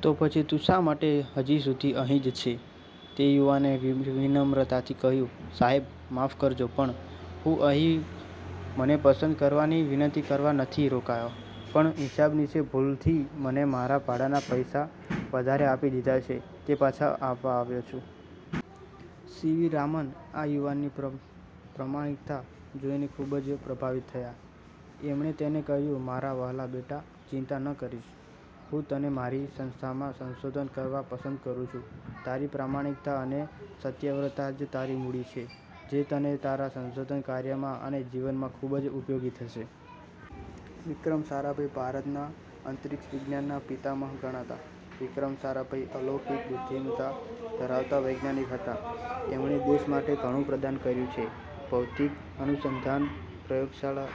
તો પછી તું શા માટે હજી સુધી અહીં જ છે? " તે યુવાને વિનમ્રતાથી કહ્યું, "સાહેબ, માફ કરજો પણ હું અહીં મને પસંદ કરવાની વિનંતી કરવા નથી રોકાયો. પણ હિસાબનીશે ભૂલથી મને મારા ભાડાના પૈસા વધારે આપી દીધા છે તે પાછા આપવા રહ્યો છું. " સી. વી. રામન આ યુવાનની પ્રામાણિકતા જોઈને ખુબ જ પ્રભાવિત થયા. એમણે તેને કહ્યું, "મારા વહાલા બેટા, ચિંતા ન કરીશ. હું તને મારી સંસ્થામાં સંશોધન કરવા પસંદ કરું છું. તારી પ્રામાણિકતા અને સત્યવ્રતા જ તારી મૂડી છે જે તને તારા સંશોધન કાર્યમાં અને જીવનમાં ખુબ જ ઉપયોગી થશે. " વિક્રમ સારાભાઈ ભારતના અંતરિક્ષ વિજ્ઞાનના પિતામહ ગણાતા વિક્રમ સારાભાઈ અલૌકિક બુદ્ધિમતા ધરાવતા વૈજ્ઞાનિક હતા. એમણે દેશ માટે ઘણું પ્રદાન કર્યું છે – ભૌતિક અનુસંધાન પ્રયોગશાળા,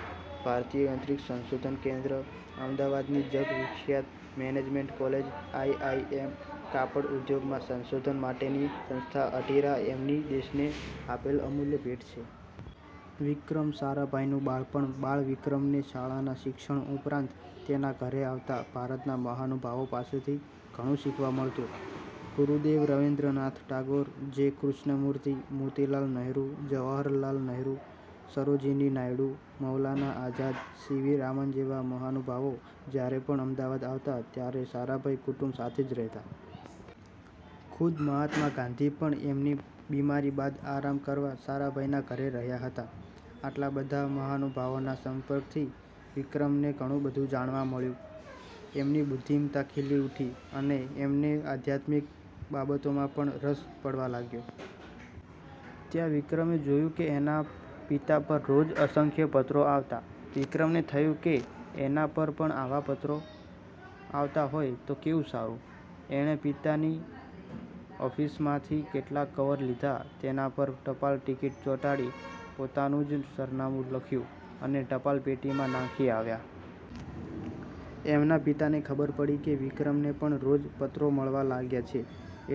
ભારતીય અંતરિક્ષ સંશોધન કેન્દ્ર, અમદાવાદની જગ વિખ્યાત મેનેજમેન્ટ કોલેજ આઈઆઈ એમ, કાપડ ઉદ્યોગમાં સંશોધન માટેની સંસ્થા અટીરા એમની દેશને આપેલ અમૂલ્ય ભેટ છે. વિક્રમ સારાભાઈનું બાળપણ બાળ વિક્રમને શાળાના શિક્ષણ ઉપરાંત તેના ઘરે આવતા ભારતના મહાનુભાવો પાસેથી ઘણું શીખવા મળતું. ગુરુદેવ Rabindranath Tagore, J. Krishnamurti, Motilal Nehru, Jawaharlal Nehru, Sarojini Naidu, Maulana Azad, C V Raman જેવા મહાનુભાવો જયારે પણ અમદાવાદ આવતા ત્યારે સારાભાઈ કુટુંબ સાથે જ રહેતા. ખુદ મહાત્મા ગાંધી પણ એમની બીમારી બાદ આરામ કરવા સારાભાઈના ઘરે રહ્યા હતા. આટલા બધા મહાનુભાવોના સંપર્કથી વિક્રમને ઘણું બધું જાણવા મળતું. એમની બુદ્ધિમતા ખીલી ઉઠી અને એમને આધ્યાત્મિક બાબતોમાં પણ રસ પડવા લાગ્યો. ત્યાં વિક્રમે જોયું કે એના પિતા પર રોજ અસંખ્ય પત્રો આવતા. વિક્રમને થયું કે એના પર પણ આવા પત્રો આવતા હોય તો કેવું સારું? એણે પિતાની ઓફિસમાંથી કેટલાક કવર લીધા, તેના પર ટપાલટીકીટ ચોંટાડી, પોતાનું જ સરનામું લખ્યું અને ટપાલપેટીમાં નાંખી આવ્યા. એમના પિતાને ખબર પડી કે વિક્રમને પણ રોજ પત્રો મળવા લાગ્યા છે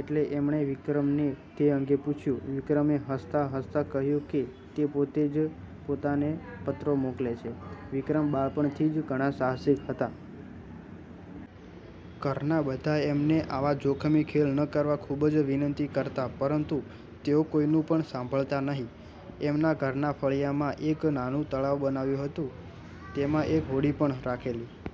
એટલે એમણે વિક્રમને તે અંગે પૂછ્યું. વિક્રમે હસતાં હસતાં કહ્યું કે તે પોતે જ પોતાને પત્રો મોકલે છે. વિક્રમ બાળપણથી જ ઘણા સાહસિક હતા. ઘરના બધા એમને આવા જોખમી ખેલ ન કરવા ખુબ જ વિનંતી કરતા પરંતુ તેઓ કોઈનું પણ સાંભળતા નહિ. એમના ઘરના ફળિયામાં એક નાનું તળાવ બનાવ્યું હતું. તેમાં એક હોડી પણ રાખેલી.